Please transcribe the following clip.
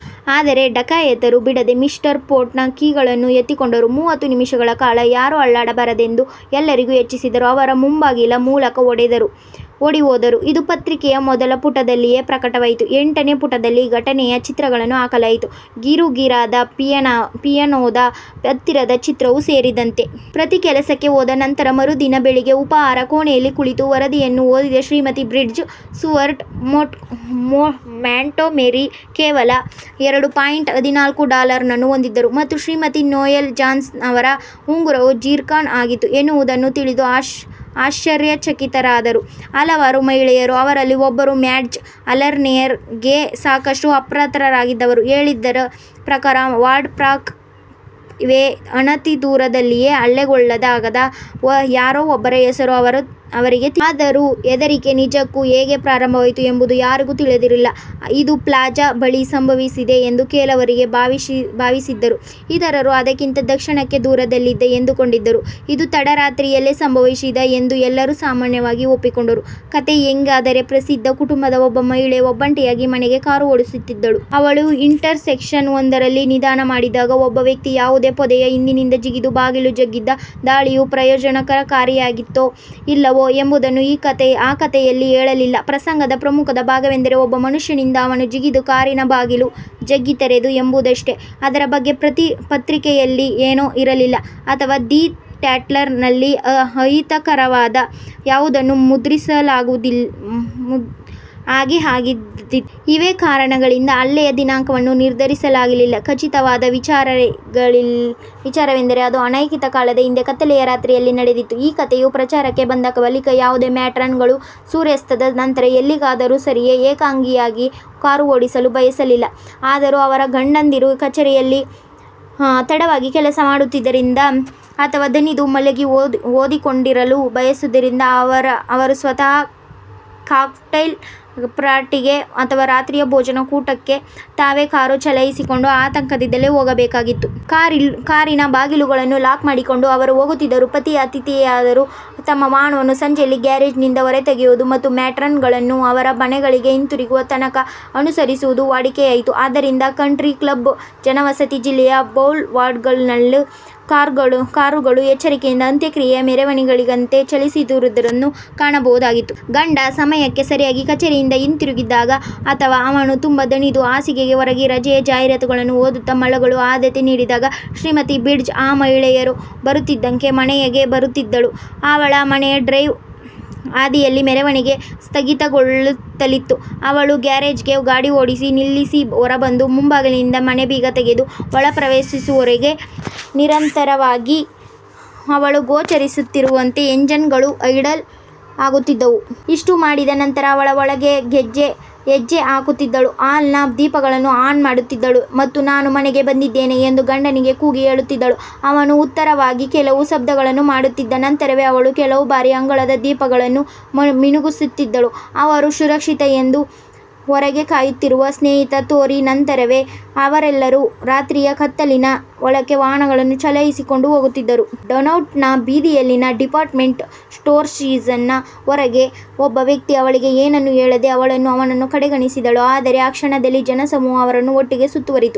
ಆದರೆ ಡಕಾಯಿತರು ಬಿಡದೆ mister Porter ನ ಕೀಗಳನ್ನು ಎತ್ತಿಕೊಂಡರು. ಮೂವತ್ತು ನಿಮಿಷಗಳ ಕಾಲ ಯಾರೂ ಅಲ್ಲಾಡಬಾರದೆಂದು ಎಲ್ಲರಿಗೂ ಎಚ್ಚರಿಸಿ ಅವರು ಮುಂಬಾಗಿಲ ಮೂಲಕ ಓಡಿಹೋದರು. ಇದು ಪತ್ರಿಕೆಯ ಮೊದಲ ಪುಟದಲ್ಲಿಯೇ ಪ್ರಕಟವಾಯಿತು. ಎಂಟನೇ ಪುಟದಲ್ಲಿ ಘಟನೆಯ ಚಿತ್ರಗಳನ್ನು ಹಾಕಲಾಗಿತ್ತು. ಗೀರುಗೀರಾದ ಪಿಯಾನೋದ ಹತ್ತಿರದ ಚಿತ್ರವೂ ಸೇರಿದಂತೆ. ಪತಿ ಕೆಲಸಕ್ಕೆ ಹೋದ ನಂತರ ಮರುದಿನ ಬೆಳಿಗ್ಗೆ ಉಪಾಹಾರ ಕೋಣೆಯಲ್ಲಿ ಕುಳಿತು ವರದಿಯನ್ನು ಓದಿದ ಶ್ರೀಮತಿ ಬ್ರಿಡ್ಜ್, ಸ್ಟುವರ್ಟ್ ಮಾಂಟ್ಗೊಮೆರಿ ಕೇವಲ ಎರಡು ಪಾಯಿಂಟ್ ಹದಿನಾಲ್ಕು ಡಾಲರನ್ನು ಹೊಂದಿದ್ದರು ಮತ್ತು ಶ್ರೀಮತಿ ನೋಯೆಲ್ ಜಾನ್ಸನ್ ಅವರ ಉಂಗುರವು ಜಿರ್ಕಾನ್ ಆಗಿತ್ತು ಎನ್ನುವುದನ್ನು ತಿಳಿದು ಆಶ್ಚರ್ಯಚಕಿತರಾದರು. ಹಲವಾರು ಮಹಿಳೆಯರು, ಅವರಲ್ಲಿ ಒಬ್ಬರು ಮ್ಯಾಡ್ಜ್ ಅರ್ಲೆನ್ ರಿಗೆ ಸಾಕಷ್ಟು ಆಪ್ತರಾಗಿದ್ದವರು ಹೇಳಿದ್ದರ ಪ್ರಕಾರ ವಾರ್ಡ್ ಪಾರ್ಕ್ ವೇ ಅನತಿದೂರದಲ್ಲಿಯೇ ಹಲ್ಲೆಗೊಳಗಾದ ಯಾರೋ ಒಬ್ಬರ ಹೆಸರು ಅವರಿಗೆ ತಿಳಿದಿತ್ತು. ಆದರೂ ಹೆದರಿಕೆ ನಿಜಕ್ಕೂ ಹೇಗೆ ಪ್ರಾರಂಭವಾಯಿತು ಎಂಬುದು ಯಾರಿಗೂ ತಿಳಿದಿರಲಿಲ್ಲ. ಇದು ಪ್ಲಾಜಾ ಬಳಿ ಸಂಭವಿಸಿದೆ ಎಂದು ಕೆಲವರು ಭಾವಿಸಿದರು, ಇತರರು ಅದಕ್ಕಿಂತ ದಕ್ಷಿಣಕ್ಕೆ ದೂರದಲ್ಲಿ ಎಂದುಕೊಂಡಿದ್ದರು ಇದು ತಡರಾತ್ರಿಯಲ್ಲಿ ಸಂಭವಿಸಿದೆ ಎಂದು ಎಲ್ಲರೂ ಸಾಮಾನ್ಯವಾಗಿ ಒಪ್ಪಿಕೊಂಡರು. ಕಥೆ ಹೇಗೆಂದರೆ, ಪ್ರಸಿದ್ಧ ಕುಟುಂಬದ ಒಬ್ಬ ಮಹಿಳೆ ಒಬ್ಬಂಟಿಯಾಗಿ ಮನೆಗೆ ಕಾರು ಓಡಿಸುತ್ತಿದ್ದಳು. ಅವಳು ಇಂಟರ್ಸೆಕ್ಷನ್ ಒಂದರಲ್ಲಿ ನಿಧಾನ ಮಾಡಿದ್ದಾಗ ಒಬ್ಬ ವ್ಯಕ್ತಿ ಯಾವುದೋ ಪೊದೆಯ ಹಿಂದಿನಿಂದ ಜಿಗಿದು ಬಾಗಿಲು ಜಗ್ಗಿದ್ದ. ದಾಳಿಯು ಪ್ರಯೋಜನಕಾರಿಯಾಗಿತ್ತೋ ಇಲ್ಲವೋ ಎಂಬುದನ್ನು ಆ ಕಥೆ ಹೇಳಲಿಲ್ಲ. ಪ್ರಸಂಗದ ಪ್ರಮುಖ ಭಾಗವೆಂದರೆ ಒಬ್ಬ ಮನುಷ್ಯನಿದ್ದ, ಅವನು ಜಿಗಿದು ಕಾರಿನ ಬಾಗಿಲು ಜಗ್ಗಿ ತೆರೆದ ಎಂಬುದಷ್ಟೇ. ಅದರ ಬಗ್ಗೆ ಪತ್ರಿಕೆಯಲ್ಲಿ ಏನೂ ಇರಲಿಲ್ಲ, ಅಥವಾ ದಿ ಟ್ಯಾಟ್ಲರ್ ನಲ್ಲಿ ಅಹಿತಕರವಾದ ಯಾವುದನ್ನೂ ಮುದ್ರಿಸುವುದಿಲ್ಲವಾಗಿ ಹಾಗೆ ಆಗಿದ್ದೀತು. ಇವೇ ಕಾರಣಗಳಿಂದ ಹಲ್ಲೆಯ ದಿನಾಂಕವನ್ನು ನಿರ್ಧರಿಸಲಾಗಿರಲಿಲ್ಲ. ಖಚಿತವಾದ ವಿಚಾರವೆಂದರೆ ಅದು ಅನತಿಕಾಲದ ಹಿಂದೆ ಕತ್ತಲೆಯ ರಾತ್ರಿಯಲ್ಲಿ ನಡೆದಿತ್ತು. ಈ ಕಥೆಯು ಪ್ರಚಾರಕ್ಕೆ ಬಂದ ಬಳಿಕ ಯಾವುದೇ ಮಾಟ್ರಾನ್ ಗಳು ಸೂರ್ಯಾಸ್ತದ ನಂತರ ಎಲ್ಲಿಗಾದರೂ ಸರಿಯೆ ಏಕಾಂಗಿಯಾಗಿ ಕಾರು ಓಡಿಸಲು ಬಯಸಲಿಲ್ಲ. ಅದರೆ ಅವರ ಗಂಡಂದಿರು ಕಚೇರಿಯಲ್ಲಿ ತಡವಾಗಿ ಕೆಲಸ ಮಾಡುತ್ತಿದ್ದರಿಂದ ಅಥವಾ ದಣಿದು ಮಲಗಿ ಓದಿಕೊಂಡಿರಲು ಬಯಸಿದ್ದರಿಂದ ಅವರು ಸ್ವತಃ ಕಾಕ್ಟೈಲ್ ಪಾರ್ಟಿಗೆ ಅಥವಾ ರಾತ್ರಿಯ ಭೋಜನ ಕೂಟಕ್ಕೆ ತಾವೇ ಕಾರು ಚಲಾಯಿಸಿಕೊಂಡು ಆತಂಕದಿಂದಲೇ ಹೋಗಬೇಕಾಗಿತ್ತು. ಕಾರಿನ ಬಾಗಿಲುಗಳನ್ನು ಲಾಕ್ ಮಾಡಿಕೊಂಡು ಅವರು ಹೋಗುತ್ತಿದ್ದರು. ಪತಿ-ಆತಿಥೇಯರು ತಮ್ಮ ವಾಹನವನ್ನು ಸಂಜೆಯಲ್ಲಿ ಗ್ಯಾರೇಜ್ ನಿಂದ ಹೊರತೆಗೆಯುವುದು ಮತ್ತು ಮಾಟ್ರಾನ್ ಗಳನ್ನು ಅವರು ಮನೆಗಳಿಗೆ ಹಿಂತಿರುಗುವ ತನಕ ಅನುಸರಿಸುವುದು ವಾಡಿಕೆಯಾಯಿತು. ಆದ್ದರಿಂದ ಕಂಟ್ರಿ ಕ್ಲಬ್ ಜನವಸತಿ ಜಿಲ್ಲೆಯ ಬೌಲೆವಾರ್ಡ್ ಗಳಲ್ಲಿ ಕಾರುಗಳು ಎಚ್ಚರಿಕೆಯಿಂದ ಅಂತ್ಯಕ್ರಿಯೆಯ ಮೆರವಣಿಗೆಗಳಂತೆ ಚಲಿಸುತ್ತಿರುವುದನ್ನು ಕಾಣಬಹುದಾಗಿತ್ತು. ಗಂಡ ಸಮಯಕ್ಕೆ ಸರಿಯಾಗಿ ಕಚೇರಿಯಿಂದ ಹಿಂತಿರುಗದಿದ್ದಾಗ, ಅಥವಾ ಅವನು ತುಂಬಾ ದಣಿದು ಹಾಸಿಗೆಗೆ ಒರಗಿ ರಜೆಯ ಜಾಹೀರಾತುಗಳನ್ನು ಓದುತ್ತ ಮಲಗಲು ಆದ್ಯತೆ ನೀಡಿದಾಗ ಶ್ರೀಮತಿ ಬ್ರಿಡ್ಜ್ ಆ ಮಹಿಳೆಯರು ಬರುತ್ತಿದ್ದಂತೆ ಮನೆಗೆ ಬರುತ್ತಿದ್ದಳು. ಅವಳ ಮನೆಯ ಡ್ರೈವ್ ಹಾದಿಯಲ್ಲಿ ಮೆರವಣಿಗೆ ಸ್ಥಗಿತಗೊಳ್ಳುತ್ತಲಿತ್ತು. ಅವಳು ಗ್ಯಾರೇಜ್ ಗೆ ಗಾಡಿ ಓಡಿಸಿ, ನಿಲ್ಲಿಸಿ ಹೊರಬಂದು ಮುಂಬಾಗಿಲಿನಿಂದ ಮನೆ ಬೀಗ ತೆಗೆದು ಒಳಪ್ರವೇಶಿಸುವವರೆಗೂ ನಿರಂತರವಾಗಿ ಅವಳು ಗೋಚರಿಸುತ್ತಿರುವಂತೆ ಎಂಜಿನ್ ಗಳು ಐಡಲ್ ಆಗುತ್ತಿದ್ದವು. ಇಷ್ಟು ಮಾಡಿದ ನಂತರ ಅವಳು ಒಳಗೆ ಹೆಜ್ಜೆ ಹಾಕುತ್ತಿದ್ದಳು. ಹಾಲ್ ನ ದೀಪಗಳನ್ನು ಆನ್ ಮಾಡುತ್ತಿದ್ದಳು ಮತ್ತು "ನಾನು ಮನೆಗೆ ಬಂದಿದ್ದೇನೆ" ಎಂದು ಗಂಡನಿಗೆ ಕೂಗಿ ಹೇಳುತ್ತಿದ್ದಳು. ಅವನು ಉತ್ತರವಾಗಿ ಕೆಲವು ಶಬ್ದಗಳನ್ನು ಮಾಡುತ್ತಿದ್ದ. ನಂತರವೇ ಅವಳು ಕೆಲವು ಬಾರಿ ಅಂಗಳದ ದೀಪಗಳನ್ನು ಮಿನುಗಿಸುತ್ತಿದ್ದಳು. ಅವಳು ಸುರಕ್ಷಿತ ಎಂದು ಹೊರಗೆ ಕಾಯುತ್ತಿರುವ ಸ್ನೇಹಿತರಿಗೆ ತೋರಿ, ನಂತರವೇ ಅವರೆಲ್ಲರೂ ರಾತ್ರಿಯ ಕತ್ತಲಿನ ಒಳಕ್ಕೆ ವಾಹನಗಳನ್ನು ಚಲಾಯಿಸಿಕೊಂಡು ಹೋಗುತ್ತಿದ್ದರು. ಡೌನ್ಟೌನ್ ಬೀದಿಯಲ್ಲಿನ ಡಿಪಾರ್ಟ್ಮೆಂಟ್ ಸ್ಟೋರ್ಸಿನ ಹೊರಗೆ ಒಬ್ಬ ವ್ಯಕ್ತಿ ಅವಳಿಗೆ ಏನನ್ನೋ ಹೇಳಿದ. ಅವಳು ಅವನನ್ನು ಕಡೆಗಣಿಸಿದಳು. ಆದರೆ ಆ ಕ್ಷಣದಲ್ಲಿ ಜನಸಮೂಹ ಅವರನ್ನು ಒಟ್ಟಿಗೆ ಸುತ್ತುವರಿಯಿತು.